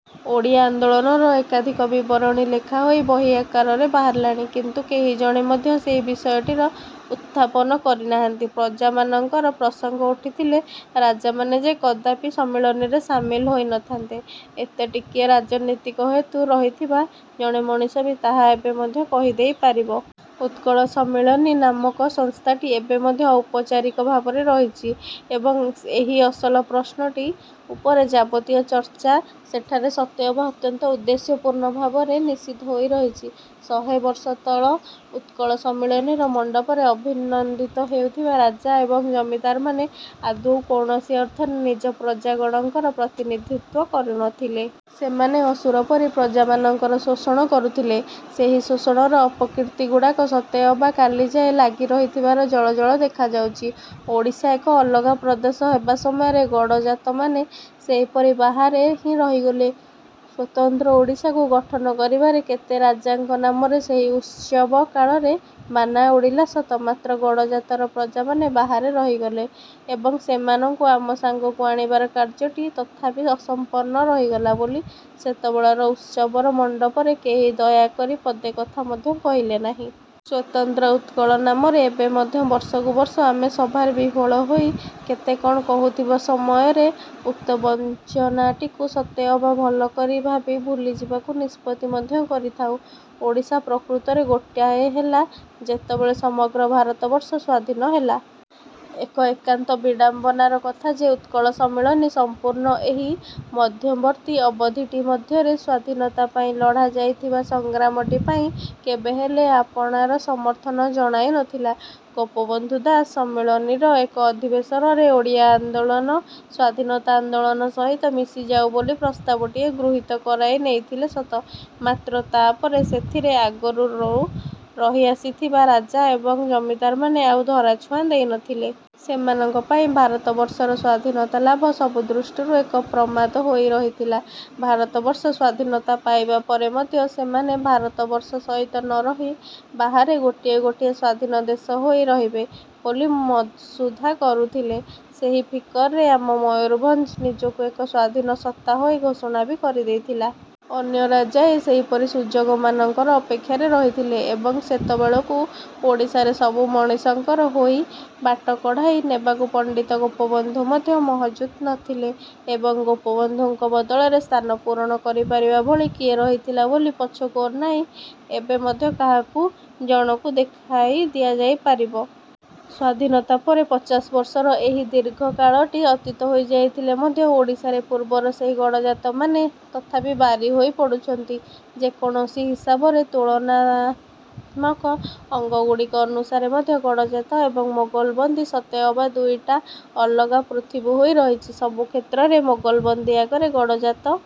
ଓଡ଼ିଆ ଆନ୍ଦୋଳନର ଏକାଧିକ ବିବରଣୀ ଲେଖାହୋଇ ବହି ଆକାରରେ ବାହାରିଲାଣି, କିନ୍ତୁ କେହି ଜଣେ ମଧ୍ୟ ସେହି ବିଷୟଟିର ଉତଥାପନ କରିନାହାନ୍ତି। ପ୍ରଜାମାନଙ୍କର ପ୍ରସଙ୍ଗ ଉଠିଥିଲେ ରାଜାମାନେ ଯେ କଦାପି ସମ୍ମିଳନୀରେ ସାମିଲ ହୋଇନଥାନ୍ତେ, ଏତେ ଟିକିଏ ରାଜନୀତିକ ହେତୁ ରହିଥିବା ଜଣେ ମଣିଷ ବି ତାହା ଏବେ ମଧ୍ୟ କହିଦେଇ ପାରିବ। ଉତ୍କଳ ସମ୍ମିଳନୀ ନାମକ ସଂସ୍ଥାଟି ଏବେ ମଧ୍ୟ ଔପଚାରିକ ଭାବରେ ରହିଛି ଏବଂ ଏହି ଅସଲ ପ୍ରଶ୍ନଟି ଉପରେ ଯାବତୀୟ ଚର୍ଚ୍ଚା ସେଠାରେ ସତେଅବା ଅତ୍ୟନ୍ତ ଉଦ୍ଦେଶ୍ୟପୂର୍ଣ୍ଣ ଭାବରେ ନିଷିଦ୍ଧ ହୋଇ ରହିଛି। ଶହେବର୍ଷ ତଳେ ଉତ୍କଳ ସମ୍ମିଳନୀର ମଣ୍ଡପରେ ଅଭିନନ୍ଦିତ ହେଉଥିବା ରାଜା ଏବଂ ଜମିଦାରମାନେ ଆଦୌ କୌଣସି ଅର୍ଥରେ ନିଜ ପ୍ରଜାଗଣଙ୍କର ପ୍ରତିନିଧିତ୍ଵ କରୁନଥିଲେ। ସେମାନେ ଅସୁର ପରି ପ୍ରଜାମାନଙ୍କର ଶୋଷଣ କରୁଥିଲେ। ସେହି ଶୋଷଣର ଅପକୀର୍ତ୍ତି ଗୁଡ଼ାକ ସତେ ଅବା କାଲିଯାଏ ଲାଗି ରହିଥିବାର ଜଳଜଳ ହୋଇ ଦେଖାଯାଉଛି। ଓଡ଼ିଶା ଏକ ଅଲଗା ପ୍ରଦେଶ ହେବା ସମୟରେ ଗଡ଼ଜାତମାନେ ସେହିପରି ବାହାରେ ହିଁ ରହିଗଲେ। ସ୍ୱତନ୍ତ୍ର ଓଡ଼ିଶାକୁ ଗଠନ କରିବାରେ କେତେ ରାଜାଙ୍କ ନାମରେ ସେହି ଉତ୍ସବ କାଳରେ ବାନା ଉଡ଼ିଲା ସତ, ମାତ୍ର ଗଡ଼ଜାତର ପ୍ରଜାମାନେ ବାହାରେ ରହିଗଲେ ଏବଂ ସେମାନଙ୍କୁ ଆମ ସାଙ୍ଗକୁ ଆଣିବାର କାର୍ଯ୍ୟଟି ତଥାପି ଅସମ୍ପନ୍ନ ରହିଗଲା ବୋଲି ସେତେବେଳର ଉତ୍ସବର ମଣ୍ଡପରେ କେହି ଦୟାକରି ପଦେକଥା ମଧ୍ୟ କହିଲେ ନାହିଁ। ସ୍ୱତନ୍ତ୍ର ଉତ୍କଳ ନାମରେ ଏବେ ମଧ୍ୟ ବର୍ଷକୁ ବର୍ଷ ଆମେ ସଭାରେ ବିହ୍ଵଳ ହୋଇ କେତେ କ'ଣ କହୁଥିବା ସମୟରେ ଉକ୍ତ ବଞ୍ଚନାଟିକୁ ସତେ ଅବା ଭଲ କରି ଭାବି ଭୁଲିଯିବାକୁ ନିଷ୍ପତ୍ତି ମଧ୍ୟ କରିଥାଉ। ଓଡ଼ିଶା ପ୍ରକୃତରେ ଗୋଟାଏ ହେଲା, ଯେତେବେଳେ ସମଗ୍ର ଭାରତବର୍ଷ ସ୍ୱାଧୀନ ହେଲା। ଏକ ଏକାନ୍ତ ବିଡ଼ମ୍ବନାର କଥା ଯେ, ଉତ୍କଳ ସମ୍ମିଳନୀ ସମ୍ପୂର୍ଣ୍ଣ ଏହି ମଧ୍ୟବର୍ତ୍ତୀ ଅବଧିଟି ମଧ୍ୟରେ ସ୍ୱାଧୀନତା ପାଇଁ ଲଢ଼ା ଯାଉଥିବା ସଂଗ୍ରାମଟି ପାଇଁ କେବେହେଲେ ଆପଣାର ସମର୍ଥନ ଜଣାଇ ନଥିଲା। ଗୋପବନ୍ଧୁ ଦାଶ ସମ୍ମିଳନୀର ଏକ ଅଧିବେଶନରେ ଓଡ଼ିଆ ଆନ୍ଦୋଳନ ସ୍ଵାଧୀନତା ଆନ୍ଦୋଳନ ସହିତ ମିଶିଯାଉ ବୋଲି ପ୍ରସ୍ତାବଟିଏ ଗୃହୀତ କରାଇ ନେଇଥିଲେ ସତ, ମାତ୍ର ତା'ପରେ ସେଥିରେ ଆଗରୁ ରହି ଆସିଥିବା ରାଜା ଏବଂ ଜମିଦାରମାନେ ଆଉ ଧରାଛୁଆଁ ଦେଇନଥିଲେ। ସେମାନଙ୍କ ପାଇଁ ଭାରତବର୍ଷର ସ୍ଵାଧୀନତା ଲାଭ ସବୁ ଦୃଷ୍ଟିରୁ ଏକ ପ୍ରମାଦ ହୋଇ ରହିଥିଲା। ଭାରତବର୍ଷ ସ୍ୱାଧୀନତା ପାଇବାପରେ ମଧ୍ୟ ସେମାନେ ଭାରତବର୍ଷ ସହିତ ନରହି ବାହାରେ ଗୋଟିଏ ଗୋଟିଏ ସ୍ଵାଧୀନ ଦେଶ ହୋଇ ରହିବେ ବୋଲି ମସୁଧା କରୁଥିଲେ। ସେହି ଫିକରରେ ଆମ ମୟୁରଭଞ୍ଜ ନିଜକୁ ଏକ ସ୍ୱାଧୀନ ସତ୍ତା ହୋଇ ଘୋଷଣା ବି କରିଦେଇଥିଲା। ଅନ୍ୟ ରାଜାଏ ସେହିପରି ସୁଯୋଗମାନଙ୍କର ଅପେକ୍ଷାରେ ରହିଥିଲେ। ଏବଂ, ସେତେବେଳକୁ ଓଡ଼ିଶାରେ ସବୁ ମଣିଷଙ୍କର ହୋଇ ବାଟ କଢ଼ାଇ ନେବାକୁ ପଣ୍ଡିତ ଗୋପବନ୍ଧୁ ମଧ୍ୟ ମହଜୁଦ ନଥିଲେ। ଏବଂ, ଗୋପବନ୍ଧୁଙ୍କ ବଦଳରେ ସ୍ଥାନ ପୂରଣ କରିପାରିବା ଭଳି କିଏ ରହିଥିଲା ବୋଲି ପଛକୁ ଅନାଇ ଏବେ ମଧ୍ୟ କାହାକୁ ଜଣକୁ ଦେଖାଇ ଦିଆଯାଇ ପାରିବ? ସ୍ଵାଧୀନତା ପରେ ପଚାଶ ବର୍ଷର ଏହି ଦୀର୍ଘକାଳଟି ଅତୀତ ହୋଇ ଯାଇଥିଲେ ମଧ୍ୟ ଓଡ଼ିଶାରେ ପୂର୍ବର ସେହି ଗଡ଼ଜାତମାନେ ତଥାପି ବାରିହୋଇ ପଡୁଛନ୍ତି। ଯେକୌଣସି ହିସାବରେ ତୁଳନାତ୍ମକ ଅଙ୍କଗୁଡ଼ିକ ଅନୁସାରେ ମଧ୍ୟ ଗଡ଼ଜାତ ଏବଂ ମୋଗଲବନ୍ଦୀ ସତେ ଅବା ଦୁଇଟା ଅଲଗା ପୃଥବୀ ହୋଇ ରହିଛି। ସବୁ କ୍ଷେତ୍ରରେ ମୋଗଲବନ୍ଦୀ ଆଗରେ, ଗଡ଼ଜାତ